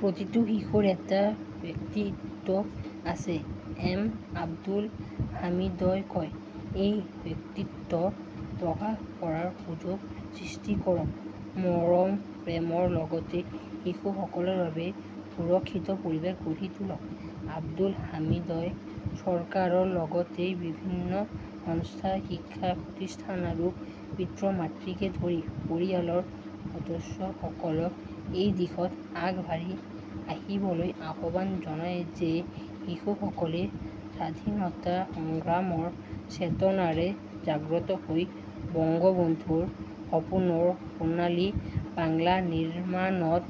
প্ৰতিটো শিশুৰ এটা ব্যক্তিত্ব আছে, এম আব্দুল হামিদই কয়। এই ব্যক্তিত্ব প্ৰকাশ কৰাৰ সুযোগ সৃষ্টি কৰক। মৰম, প্ৰেমৰ লগতে শিশুসকলৰ বাবে সুৰক্ষিত পৰিৱেশ গঢ়ি তোলক। আব্দুল হামিদই চৰকাৰৰ লগতে বিভিন্ন সংস্থা, শিক্ষা প্ৰতিষ্ঠান আৰু পিতৃ-মাতৃকে ধৰি পৰিয়ালৰ সদস্যসকলক এই দিশত আগবাঢ়ি আহিবলৈ আহ্বান জনায় যে শিশুসকলে স্বাধীনতা সংগ্ৰামৰ চেতনাৰে জাগ্ৰত হৈ বংগবন্ধুৰ সপোনৰ সোণালী বাংলা নিৰ্মাণত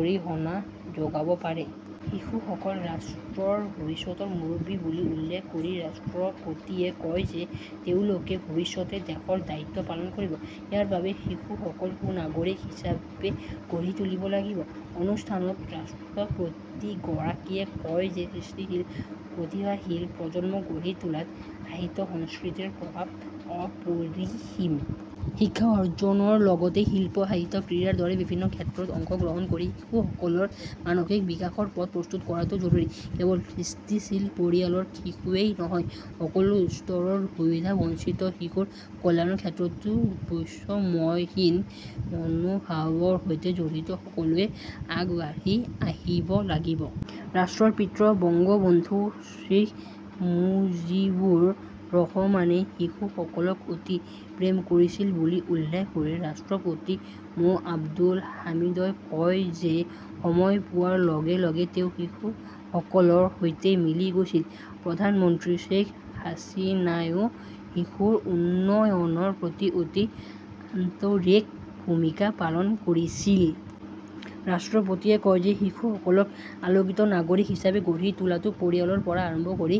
অৰিহণা যোগাব পাৰে। শিশুসকল ৰাষ্ট্ৰৰ ভৱিষ্যতৰ মুৰব্বী বুলি উল্লেখ কৰি ৰাষ্ট্ৰপতিয়ে কয় যে তেওঁলোকে ভৱিষ্যতে দেশৰ দায়িত্ব পালন কৰিব। ইয়াৰ বাবে শিশুসকলক সু-নাগৰিক হিচাপে গঢ়ি তুলিব লাগিব। অনুষ্ঠানত ৰাষ্ট্ৰপতিগৰাকীয়ে কয় যে সৃষ্টিশীল প্ৰতিভাশালী প্ৰজন্ম গঢ়ি তোলাত সাহিত্য-সংস্কৃতিৰ প্ৰভাৱ অপৰিসীম। শিক্ষা অৰ্জনৰ লগতে শিল্প-সাহিত্য, ক্ৰীড়াৰ দৰে বিভিন্ন ক্ষেত্ৰত অংশগ্ৰহণ কৰি শিশুসকলৰ মানসিক বিকাশৰ পথ প্ৰশস্ত কৰাটো জৰুৰী। কেৱল স্থিতিশীল পৰিয়ালৰ শিশুৱেই নহয়, সকলো স্তৰৰ সুবিধাবঞ্চিত শিশুৰ কল্যাণৰ ক্ষেত্ৰতো বৈষম্যহীন মনোভাৱৰ সৈতে জড়িত সকলোৱে আগবাঢ়ি আহিব লাগিব। ৰাষ্ট্ৰৰ পিতৃ বঙ্গবন্ধু শ্বেইখ মুজিবুৰ ৰহমানে শিশুসকলক অতি প্ৰেম কৰিছিল বুলি উল্লেখ কৰি ৰাষ্ট্ৰপতি মো. আব্দুল হামিদই কয় যে সময় পোৱাৰ লগে লগে তেওঁ শিশুসকলৰ সৈতে মিলি গৈছিল। প্ৰধানমন্ত্ৰী শ্বেইখ হাছিনাইও শিশুৰ উন্নয়নৰ প্ৰতি অতি আন্তৰিক ভূমিকা পালন কৰিছিল। ৰাষ্ট্ৰপতিয়ে কয় যে শিশুসকলক আলোকিত নাগৰিক হিচাপে গঢ়ি তোলাটো পৰিয়ালৰ পৰা আৰম্ভ কৰি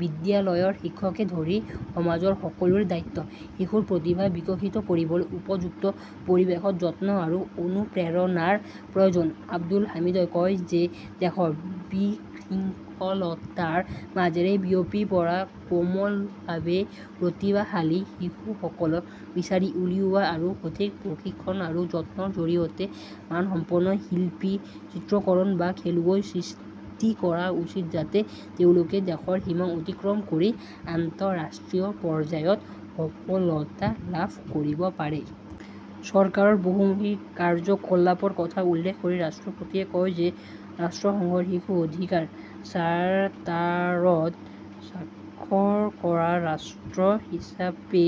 বিদ্যালয়ৰ শিক্ষককে ধৰি সমাজৰ সকলোৰে দায়িত্ব। শিশুৰ প্ৰতিভা বিকশিত কৰিবলৈ উপযুক্ত পৰিৱেশত যত্ন আৰু অনুপ্ৰেৰণাৰ প্ৰয়োজন। আব্দুল হামিদই কয় যে দেশৰ বিশৃংখলতাৰ মাজেৰে বিয়পি পৰা কোমলভাৱে প্ৰতিভাশালী শিশুসকলক বিচাৰি উলিওৱা আৰু সঠিক প্ৰশিক্ষণ আৰু যত্নৰ জৰিয়তে মানসম্পন্ন শিল্পী, চিত্ৰকৰণ বা খেলুৱৈ সৃষ্টি কৰা উচিত যাতে তেওঁলোকে দেশৰ সীমা অতিক্ৰম কৰি আন্তঃৰাষ্ট্ৰীয় পৰ্যায়ত সফলতা লাভ কৰিব পাৰে। চৰকাৰৰ বহুমুখী কাৰ্যকলাপৰ কথা উল্লেখ কৰি ৰাষ্ট্ৰপতিয়ে কয় যে ৰাষ্ট্ৰসংঘৰ শিশু অধিকাৰ চাৰ্টাৰত স্বাক্ষৰ কৰা ৰাষ্ট্ৰ হিচাপে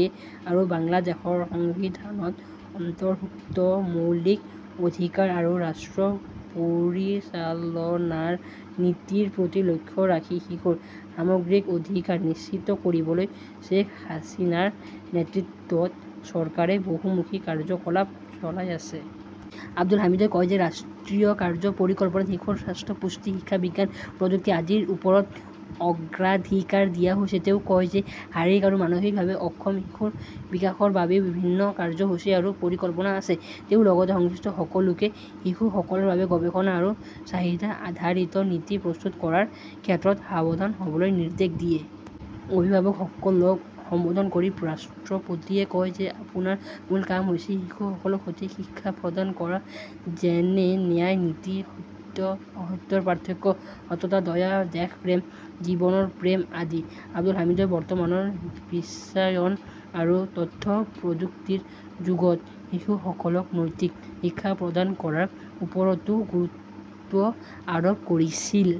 আৰু বাংলাদেশৰ সংবিধানত অন্তৰ্ভুক্ত মৌলিক অধিকাৰ আৰু ৰাষ্ট্ৰ পৰিচালনাৰ নীতিৰ প্ৰতি লক্ষ্য ৰাখি শিশুৰ সামগ্ৰিক অধিকাৰ নিশ্চিত কৰিবলৈ শ্বেখ হাছিনাৰ নেতৃত্বত চৰকাৰে বহুমুখী কাৰ্যকলাপ চলাই আছে। আব্দুল হামিদই কয় যে ৰাষ্ট্ৰীয় কাৰ্য্য পৰিকল্পনাত শিশুৰ স্বাস্থ্য-পুষ্টি, শিক্ষা-বিজ্ঞান প্ৰযুক্তি আদিৰ ওপৰত অগ্ৰাধিকাৰ দিয়া হৈছে। তেওঁ কয় যে শাৰীৰিক আৰু মানসিকভাৱে অক্ষম শিশুৰ বিকাশৰ বাবেও বিভিন্ন কাৰ্যসূচী আৰু পৰিকল্পনা আছে। তেওঁ লগতে সংশ্লিষ্ট সকলোকে শিশুসকলৰ বাবে গৱেষণা আৰু চাহিদা-আধাৰিত নীতি প্ৰস্তুত কৰাৰ ক্ষেত্ৰত সাৱধান হ'বলৈ নিৰ্দেশ দিয়ে। অভিভাৱকসকলক সম্বোধন কৰি ৰাষ্ট্ৰপতিয়ে কয় যে আপোনাৰ মূল কাম হৈছে শিশুসকলক সঠিক শিক্ষা প্ৰদান কৰা যেনে ন্যায় নীতি, সত্য-অসত্যৰ পাৰ্থক্য, সততা, দয়া, দেশপ্ৰেম, জীৱনৰ প্ৰেম আদি। আব্দুল হামিদই বৰ্তমানৰ বিশ্বায়ন আৰু তথ্য প্ৰযুক্তিৰ যুগত শিশুসকলক নৈতিক শিক্ষা প্ৰদান কৰাৰ ওপৰতো গুৰুত্ব আৰোপ কৰিছিল।